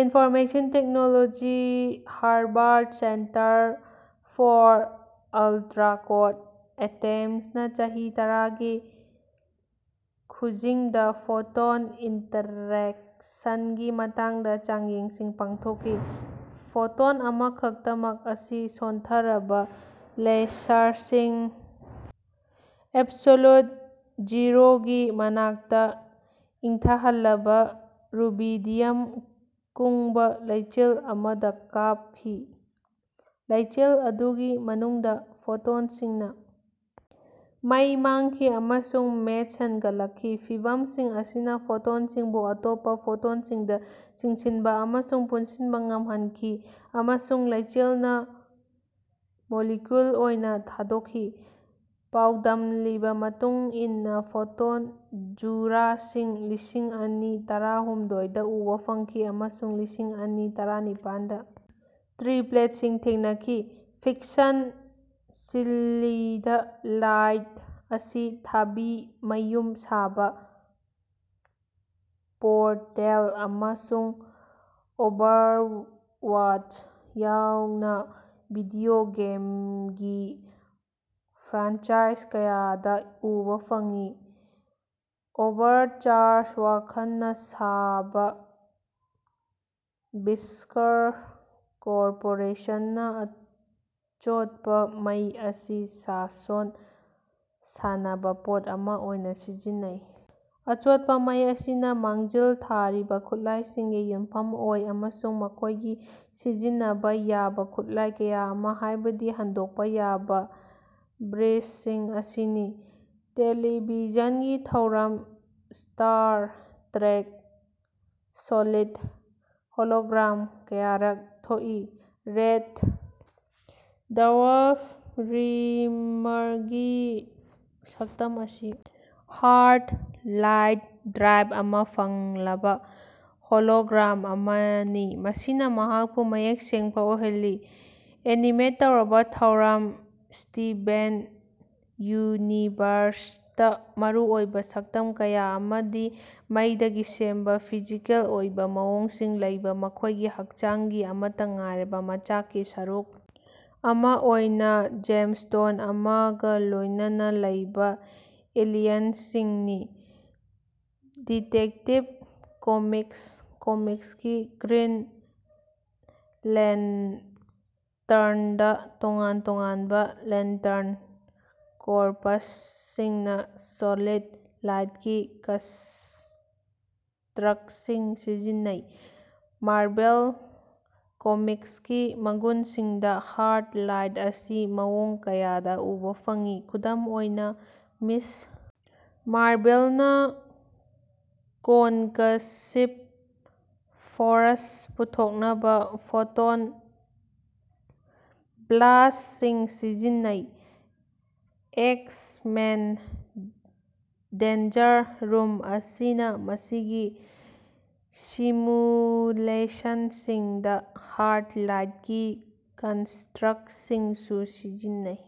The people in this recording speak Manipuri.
Information technology Harvard centre for ultracold ꯑꯦꯇꯦꯝꯁꯅ ꯆꯍꯤ ꯇꯔꯥꯒꯤ ꯈꯨꯖꯤꯡꯗ ꯐꯣꯇꯣꯟ ꯏꯟꯇꯔꯦꯛꯁꯟꯒꯤ ꯃꯇꯥꯡꯗ ꯆꯥꯡꯌꯦꯡꯁꯤꯡ ꯄꯥꯡꯊꯣꯛꯈꯤ꯫ ꯐꯣꯇꯣꯟ ꯑꯃꯈꯛꯇꯃꯛ ꯑꯁꯤ ꯁꯣꯟꯊꯔꯕ ꯂꯦꯁꯔꯁꯤꯡ ꯑꯦꯕꯁꯣꯂꯨꯠ ꯖꯤꯔꯣꯒꯤ ꯃꯅꯥꯛꯇ ꯏꯪꯊꯍꯜꯂꯕ ꯔꯨꯕꯤꯗꯤꯌꯝ ꯀꯨꯡꯕ ꯂꯩꯆꯤꯜ ꯑꯃꯗ ꯀꯥꯞꯈꯤ꯫ ꯂꯩꯆꯤꯜ ꯑꯗꯨꯒꯤ ꯃꯅꯨꯡꯗ ꯐꯣꯇꯣꯟꯁꯤꯡ ꯃꯩ ꯃꯥꯡꯈꯤ ꯑꯃꯁꯨꯡ ꯃꯦꯁ ꯍꯦꯟꯒꯠꯂꯛꯈꯤ꯫ ꯐꯤꯚꯝꯁꯤꯡ ꯑꯁꯤꯅ ꯐꯣꯇꯣꯟꯁꯤꯡꯕꯨ ꯑꯇꯣꯞꯄ ꯐꯣꯇꯣꯟꯁꯤꯡꯗ ꯆꯤꯡꯁꯤꯟꯕ ꯑꯃꯁꯨꯡ ꯄꯨꯟꯁꯤꯟꯕ ꯉꯝꯍꯟꯈꯤ ꯑꯃꯁꯨꯡ ꯂꯩꯆꯤꯜꯅ ꯃꯣꯂꯤꯀꯨꯜ ꯑꯣꯏꯅ ꯊꯥꯗꯣꯛꯈꯤ꯫ ꯄꯥꯎꯗꯝꯂꯤꯕ ꯃꯇꯨꯡ ꯏꯟꯅ ꯐꯣꯇꯣꯟ ꯖꯨꯔꯥꯁꯤꯡ ꯂꯤꯁꯤꯡ ꯑꯅꯤ ꯇꯔꯥꯍꯨꯝꯗꯣꯏꯗ ꯎꯕ ꯐꯪꯈꯤ ꯑꯃꯁꯨꯡ ꯂꯤꯁꯤꯡ ꯑꯅꯤ ꯇꯔꯥꯅꯤꯄꯥꯟꯗ ꯇ꯭ꯔꯤꯄ꯭ꯂꯦꯠꯁꯤꯡ ꯊꯦꯡꯅꯈꯤ꯫ ꯐꯤꯛꯁꯟ ꯁꯣꯂꯤꯗ ꯂꯥꯏꯠ ꯑꯁꯤ ꯊꯥꯕꯤ ꯃꯌꯨꯝ ꯁꯥꯕ ꯄꯣꯔꯇꯦꯜ ꯑꯃꯁꯨꯡ ꯑꯣꯚꯔꯋꯥꯆ ꯌꯥꯎꯅ ꯚꯤꯗꯤꯑꯣ ꯒꯦꯝꯒꯤ ꯐ꯭ꯔꯥꯟꯆꯥꯏꯖ ꯀꯌꯥꯗ ꯎꯕ ꯐꯪꯉꯤ꯫ ꯑꯣꯚꯔꯋꯥꯆ ꯋꯥꯈꯜꯅ ꯁꯥꯕ ꯕꯤꯁ꯭ꯀꯔ ꯀꯣꯔꯄꯣꯔꯦꯁꯟꯅ ꯑꯆꯣꯠꯄ ꯃꯩ ꯑꯁꯤ ꯁꯥꯁꯣꯟ ꯁꯥꯅꯕ ꯄꯣꯠ ꯑꯃ ꯑꯣꯏꯅ ꯁꯤꯖꯤꯟꯅꯩ꯫ ꯑꯆꯣꯠꯄ ꯃꯩ ꯑꯁꯤꯅ ꯃꯥꯡꯖꯤꯜ ꯊꯥꯔꯤꯕ ꯈꯨꯠꯂꯥꯏꯁꯤꯡꯒꯤ ꯌꯨꯝꯐꯝ ꯑꯣꯏ ꯑꯃꯁꯨꯡ ꯃꯈꯣꯏꯒꯤ ꯁꯤꯖꯤꯟꯅꯕ ꯌꯥꯕ ꯈꯨꯠꯂꯥꯏ ꯀꯌꯥ ꯑꯃ ꯍꯥꯏꯕꯗꯤ ꯍꯟꯗꯣꯛꯄ ꯌꯥꯕ ꯕ꯭ꯔꯤꯖꯁꯤꯡ ꯑꯁꯤꯅꯤ꯫ ꯇꯦꯂꯤꯚꯤꯖꯟꯒꯤ ꯊꯧꯔꯝ ꯁ꯭ꯇꯥꯔ ꯇ꯭ꯔꯦꯛ ꯁꯣꯂꯤꯗ ꯍꯣꯂꯣꯒ꯭ꯔꯥꯝ ꯀꯌꯥꯔꯛ ꯊꯣꯛꯏ꯫ ꯔꯦꯗ ꯗ꯭ꯋꯔꯐ ꯔꯤꯝꯃꯔꯒꯤ ꯁꯛꯇꯝ ꯑꯁꯤ ꯍꯥꯔ꯭ꯗ ꯂꯥꯏꯠ ꯗ꯭ꯔꯥꯏꯕ ꯑꯃ ꯐꯪꯂꯕ ꯍꯣꯂꯣꯒ꯭ꯔꯥꯝ ꯑꯃꯅꯤ ꯃꯁꯤꯅ ꯃꯍꯥꯛꯄꯨ ꯃꯌꯦꯛ ꯁꯦꯡꯕ ꯑꯣꯏꯍꯜꯂꯤ꯫ ꯑꯦꯅꯤꯃꯦꯠ ꯇꯧꯔꯕ ꯊꯧꯔꯝ ꯁ꯭ꯇꯤꯚꯦꯟ ꯌꯨꯅꯤꯚꯔꯁꯇ ꯃꯔꯨꯑꯣꯏꯕ ꯁꯛꯇꯝ ꯀꯌꯥ ꯑꯃꯥꯗꯤ ꯃꯩꯗꯒꯤ ꯁꯦꯝꯕ ꯐꯤꯖꯤꯀꯦꯜ ꯑꯣꯏꯕ ꯃꯑꯣꯡꯁꯤꯡ ꯂꯩꯕ ꯃꯈꯣꯏꯒꯤ ꯍꯛꯆꯥꯡꯒꯤ ꯑꯃꯠꯇ ꯉꯥꯏꯔꯕ ꯃꯆꯥꯛꯀꯤ ꯁꯔꯨꯛ ꯑꯃ ꯑꯣꯏꯅ ꯖꯦꯝꯁꯇꯣꯟ ꯑꯃꯒ ꯂꯣꯏꯅꯅ ꯂꯩꯕ ꯑꯦꯂꯤꯌꯟꯁꯤꯡꯅꯤ꯫ ꯗꯤꯇꯦꯛꯇꯤꯚ ꯀꯣꯃꯤꯛꯁ ꯀꯣꯃꯤꯛꯁꯀꯤ ꯒ꯭ꯔꯤꯟ ꯂꯦꯟꯇ꯭ꯔꯟꯗ ꯇꯣꯉꯥꯟ ꯇꯣꯉꯥꯟꯕ ꯂꯦꯟꯇ꯭ꯔꯟ ꯀꯣꯔꯄ꯭ꯁꯁꯤꯡꯅ ꯁꯣꯂꯤꯗ ꯂꯥꯏꯠꯀꯤ ꯀꯟꯁꯇ꯭ꯔꯛꯁꯤꯡ ꯁꯤꯖꯤꯟꯅꯩ꯫ ꯃꯥꯔꯚꯦꯜ ꯀꯣꯃꯤꯛꯁꯀꯤ ꯃꯒꯨꯟꯁꯤꯡꯗ ꯍꯥꯔ꯭ꯗ ꯂꯥꯏꯠ ꯑꯁꯤ ꯃꯑꯣꯡ ꯀꯌꯥꯗ ꯎꯕ ꯐꯪꯉꯤ꯫ ꯈꯨꯗꯝ ꯑꯣꯏꯅ ꯃꯤꯁ ꯃꯥꯔꯚꯦꯜꯅ ꯀꯣꯟꯀꯁꯤꯕ ꯐꯣꯔꯁ ꯄꯨꯊꯣꯛꯅꯕ ꯐꯣꯇꯣꯟ ꯕ꯭ꯂꯥꯁ꯭ꯠꯁꯤꯡ ꯁꯤꯖꯤꯟꯅꯩ꯫ ꯑꯦꯛꯁ-ꯃꯦꯟ ꯗꯦꯟꯖꯔ ꯔꯨꯝ ꯑꯁꯤꯅ ꯃꯁꯤꯒꯤ ꯁꯤꯃꯨꯂꯦꯁꯟꯁꯤꯡꯗ ꯍꯥꯔ꯭ꯗ ꯂꯥꯏꯠꯀꯤ ꯀꯟꯁꯇ꯭ꯔꯛꯁꯤꯡꯁꯨ ꯁꯤꯖꯤꯟꯅꯩ꯫